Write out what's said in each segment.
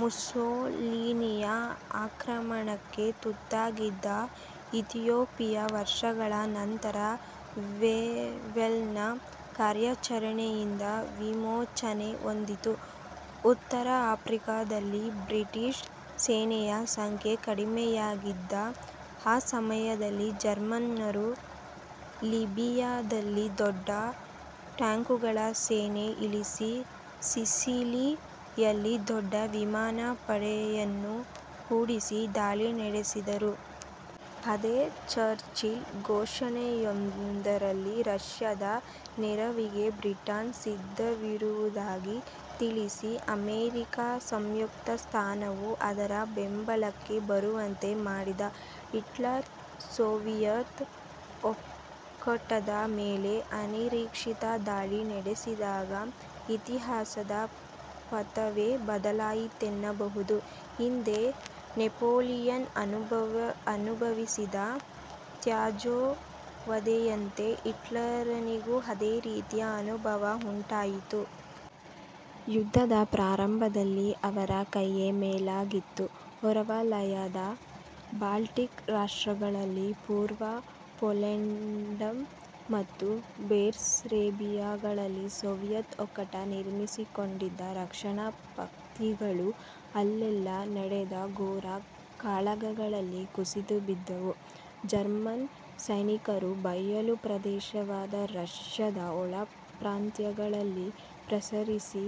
ಮುಸೋಲಿನಿಯ ಆಕ್ರಮಣಕ್ಕೆ ತುತ್ತಾಗಿದ್ದ ಇಥಿಯೋಪಿಯ ವರ್ಷಗಳ ಅನಂತರ ವೇವೆಲ್ನ ಕಾರ್ಯಾಚರಣೆಯಿಂದ ವಿಮೋಚನೆ ಹೊಂದಿತು. ಉತ್ತರ ಆಫ್ರಿಕದಲ್ಲಿ ಬ್ರಿಟಿಷ್ ಸೇನೆಯ ಸಂಖ್ಯೆ ಕಡಿಮೆಯಾಗಿದ್ದ ಆ ಸಮಯದಲ್ಲಿ ಜರ್ಮನ್ನರು ಲಿಬಿಯ ದಲ್ಲಿ ದೊಡ್ಡ ಟ್ಯಾಂಕುಗಳ ಸೇನೆ ಇಳಿಸಿ, ಸಿಸಿಲಿ ಯಲ್ಲಿ ದೊಡ್ಡ ವಿಮಾನ ಪಡೆಯನ್ನು ಕೂಡಿಸಿ ದಾಳಿ ನಡೆಸಿದರು. ಅಂದೇ ಚರ್ಚಿಲ್ ಘೋಷಣೆಯೊಂದರಲ್ಲಿ ರಷ್ಯದ ನೆರವಿಗೆ ಬ್ರಿಟನ್ ಸಿದ್ಧವಿರುವುದಾಗಿ ತಿಳಿಸಿ, ಅಮೆರಿಕ ಸಂಯುಕ್ತ ಸಂಸ್ಥಾನವು ಅದರ ಬೆಂಬಲಕ್ಕೆ ಬರುವಂತೆ ಮಾಡಿದ. ಹಿಟ್ಲರ್ ಸೋವಿಯತ್ ಒಕ್ಕೂಟದ ಮೇಲೆ ಅನಿರೀಕ್ಷಿತ ದಾಳಿ ನಡೆಸಿದಾಗ ಇತಿಹಾಸದ ಪಥವೇ ಬದಲಾಯಿತೆನ್ನಬಹುದು. ಹಿಂದೆ ನೆಪೋಲಿಯನ್ ಅನುಭವಿಸಿದ ತೇಜೋವಧೆಯಂತೆ ಹಿಟ್ಲರನಿಗೂ ಅದೇ ರೀತಿಯ ಅನುಭವ ಉಂಟಾಯಿತು. ಯುದ್ಧದ ಪ್ರಾರಂಭದಲ್ಲಿ ಅವರ ಕೈಯೇ ಮೇಲಾಗಿತ್ತು. ಹೊರವಲಯದ ಬಾಲ್ಟಿಕ್ ರಾಷ್ಷ್ರಗಳಲ್ಲಿ, ಪುರ್ವ ಪೋಲೆಂಡ್ ಮತ್ತು ಬೆಸ್ಸರೇಬಿಯಗಳಲ್ಲಿ ಸೋವಿಯತ್ ಒಕ್ಕೂಟ ನಿರ್ಮಿಸಿಕೊಂಡಿದ್ದ ರಕ್ಷಣಾ ಪಂಕ್ತಿಗಳು ಅಲ್ಲೆಲ್ಲ ನಡೆದ ಘೋರ ಕಾಳಗಗಳಲ್ಲಿ ಕುಸಿದುಬಿದ್ದುವು. ಜರ್ಮನ್ ಸೈನಿಕರು ಬಯಲು ಪ್ರದೇಶವಾದ ರಷ್ಯದ ಒಳಪ್ರಾಂತ್ಯಗಳಲ್ಲಿ ಪ್ರಸರಿಸಿ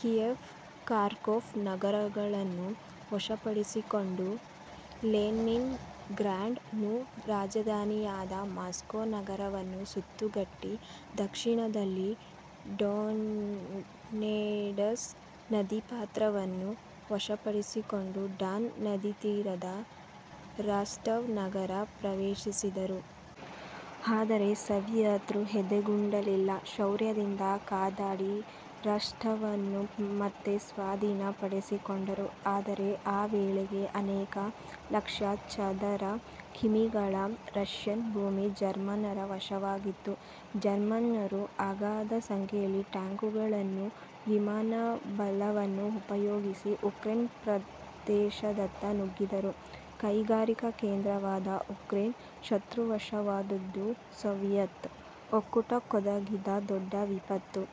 ಕೀಯೆಫ್, ಕಾರ್ಕೋಫ್ ನಗರಗಳನ್ನು ವಶಪಡಿಸಿಕೊಂಡು ಲೆನಿನ್ಗ್ರಾಡ್ ನ್ನೂ ರಾಜಧಾನಿಯಾದ ಮಾಸ್ಕೋ ನಗರವನ್ನೂ ಸುತ್ತುಗಟ್ಟಿ ದಕ್ಷಿಣದಲ್ಲಿ ಡೊನೆಡ್ಸ್ ನದೀಪಾತ್ರವನ್ನು ವಶಪಡಿಸಿಕೊಂಡು ಡಾನ್ ನದೀತೀರದ ರಾಸ್ಟಾವ್ ನಗರ ಪ್ರವೇಶಿಸಿದರು. ಆದರೆ ಸೋವಿಯತ್ರು ಎದೆಗುಂದಲಿಲ್ಲ. ಶೌರ್ಯದಿಂದ ಕಾದಾಡಿ ರಾಸ್ಟಾವನ್ನು ಮತ್ತೆ ಸ್ವಾಧೀನ ಪಡಿಸಿಕೊಂಡರು. ಆದರೆ ಆ ವೇಳೆಗೆ ಅನೇಕ ಲಕ್ಷ ಚದರ ಕಿಮೀಗಳ ರಷ್ಯನ್ ಭೂಮಿ ಜರ್ಮನ್ನರ ವಶವಾಗಿತ್ತು. ಜರ್ಮನ್ನರು ಅಗಾಧ ಸಂಖ್ಯೆಯಲ್ಲಿ ಟ್ಯಾಂಕುಗಳನ್ನೂ ವಿಮಾನ ಬಲವನ್ನೂ ಉಪಯೋಗಿಸಿ ಉಕ್ರೇನ್ ಪ್ರದೇಶದತ್ತ ನುಗ್ಗಿದರು. ಕೈಗಾರಿಕಾ ಕೇಂದ್ರವಾದ ಉಕ್ರೇನ್ ಶತ್ರುವಶವಾದದ್ದು ಸೋವಿಯತ್ ಒಕ್ಕೂಟಕ್ಕೊದಗಿದ ದೊಡ್ಡ ವಿಪತ್ತು.